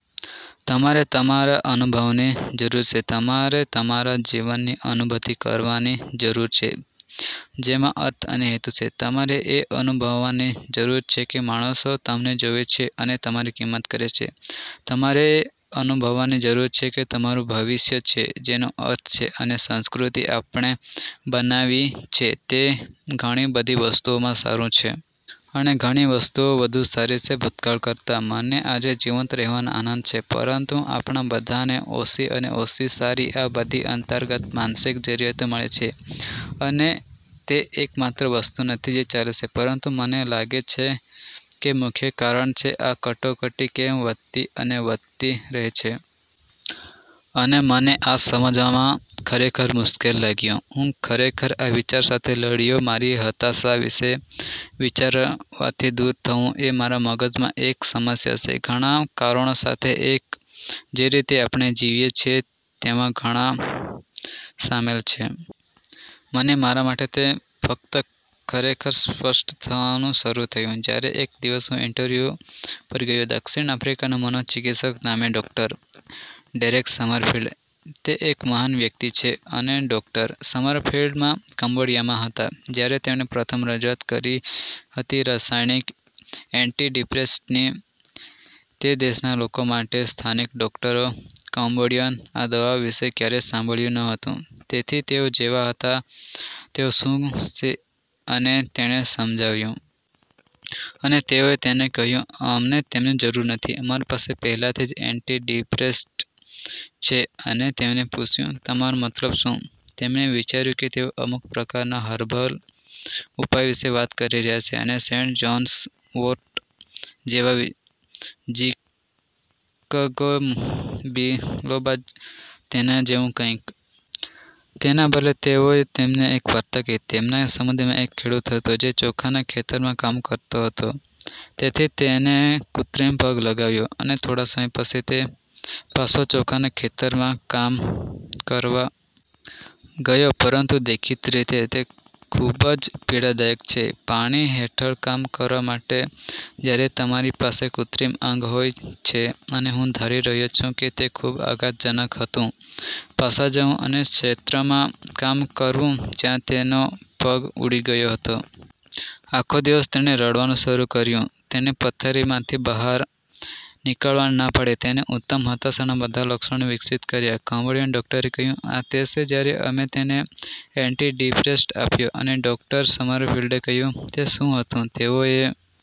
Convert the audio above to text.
તમારે તમારા અનુભવની જરૂર છે. તમારે તમારા જીવનની અનુભૂતિ કરવાની જરૂર છે, જેમાં અર્થ અને હેતુ છે. તમારે એ અનુભવવાની જરૂર છે કે માણસો તમને જોવે છે અને તમારી કિંમત કરે છે. તમારે અનુભવવાની જરૂર છે કે તમારું ભવિષ્ય છે જેનો અર્થ છે અને સાંસ્કૃતિ આપણે બનાવી છે તે ઘણી બધી વસ્તુઓમાં સારું છે. અને ઘણી વસ્તુઓ વધુ સારી છે ભૂતકાળ કરતાં. મને આજે જીવંત રહેવાનો આનંદ છે, પરંતુ આપણા બધાને ઓસી અને ઓસી સારી આ બધી અંતર્ગત માનસિક જરૂરિયાતો મળી છે. અને તે એકમાત્ર વસ્તુ નથી જે ચાલે સે, પરંતુ મને લાગે છે કે તે મુખ્ય કારણ છે આ કટોકટી કેમ વધતી અને વધતી રહે છે. અને મને આ સમજવામાં ખરેખર મુશ્કેલ લાગ્યું. હું ખરેખર આ વિચાર સાથે લડ્યો મારી હતાશા વિશે વિચારવાથી દૂર થવું એ મારા મગજમાં એક સમસ્યા સે, ઘણા કારણો સાથે એક, જે રીતે આપણે જીવીએ છીએ તેમાં ઘણા શામેલ છે. અને મારા માટે તે ફક્ત ખરેખર સ્પષ્ટ થવાનું શરૂ થયું, જ્યારે એક દિવસ હું ઇન્ટરવ્યૂ પર ગયો દક્ષિણ આફ્રિકાના મનોચિકિત્સક નામે ડૉક્ટર. Derek Sommerfeld. તે એક મહાન વ્યક્તિ છે. અને ડોક્ટર. સમરફિલ્ડ માં કંબોડિયામાં હતા, જ્યારે તેમણે પ્રથમ રજૂઆત કરી હતી રાસાયણિક એન્ટીડિપ્રેસન્ટ્સની તે દેશના લોકો માટે અને સ્થાનિક ડોકટરો, કંબોડિયન, આ દવાઓ વિશે ક્યારેય સાંભળ્યું ન હતું, તેથી તેઓ જેવા હતા, તેઓ શું સે અને તેણે સમજાવ્યું. અને તેઓએ તેને કહ્યું, અમને તેમની જરૂર નથી, અમારી પાસે પહેલાથી એન્ટીડિપ્રેસટ છે અને તેમને પૂછ્યું, "તમારો મતલબ શું? " તેણે વિચાર્યું કે તેઓ અમુક પ્રકારના હર્બલ ઉપાય વિશે વાત કરી રહ્યા સે, સેન્ટ જ્હોન્સ વોર્ટ જેવા, જિંકગો બિલોબા, તેના જેવું કંઇક. તેના બદલે, તેઓએ તેમને એક વાર્તા કહી. તેમના સમુદાયમાં એક ખેડૂત હતો જે ચોખાના ખેતરમાં કામ કરતો હતો. તેથી તેને કૃત્રિમ પગ લગાવ્યો, અને થોડા સમય પસી, તે પાસો ચોખાના ખેતરોમાં કામ કરવા ગયો, પરંતુ દેખીતી રીતે, તે ખૂબ જ પીડાદાયક છે પાણી હેઠળ કામ કરવા માટે જ્યારે તમારી પાસે કૃત્રિમ અંગ હોય છે, અને હું ધારી રહ્યો છું કે તે ખૂબ આઘાતજનક હતું પાસા જવું અને તે ક્ષેત્રમાં કામ કરવું જ્યાં તેનો પગ ઉડી ગયો હતો. આખો દિવસ તેણે રડવાનું શરૂ કર્યું, તેણે પથારીમાંથી બહાર નીકળવાની ના પાડી, તેણે ઉત્તમ હતાશાના બધા લક્ષણો વિકસિત કર્યા. કંબોડિયન ડોકટરે કહ્યું, "આ તે સે જ્યારે અમે તેને એન્ટીડિપ્રેસટઆપ્યો. " અને ડોક્ટર. સમરફિલ્ડે કહ્યું, "તે શું હતું? " તેઓએ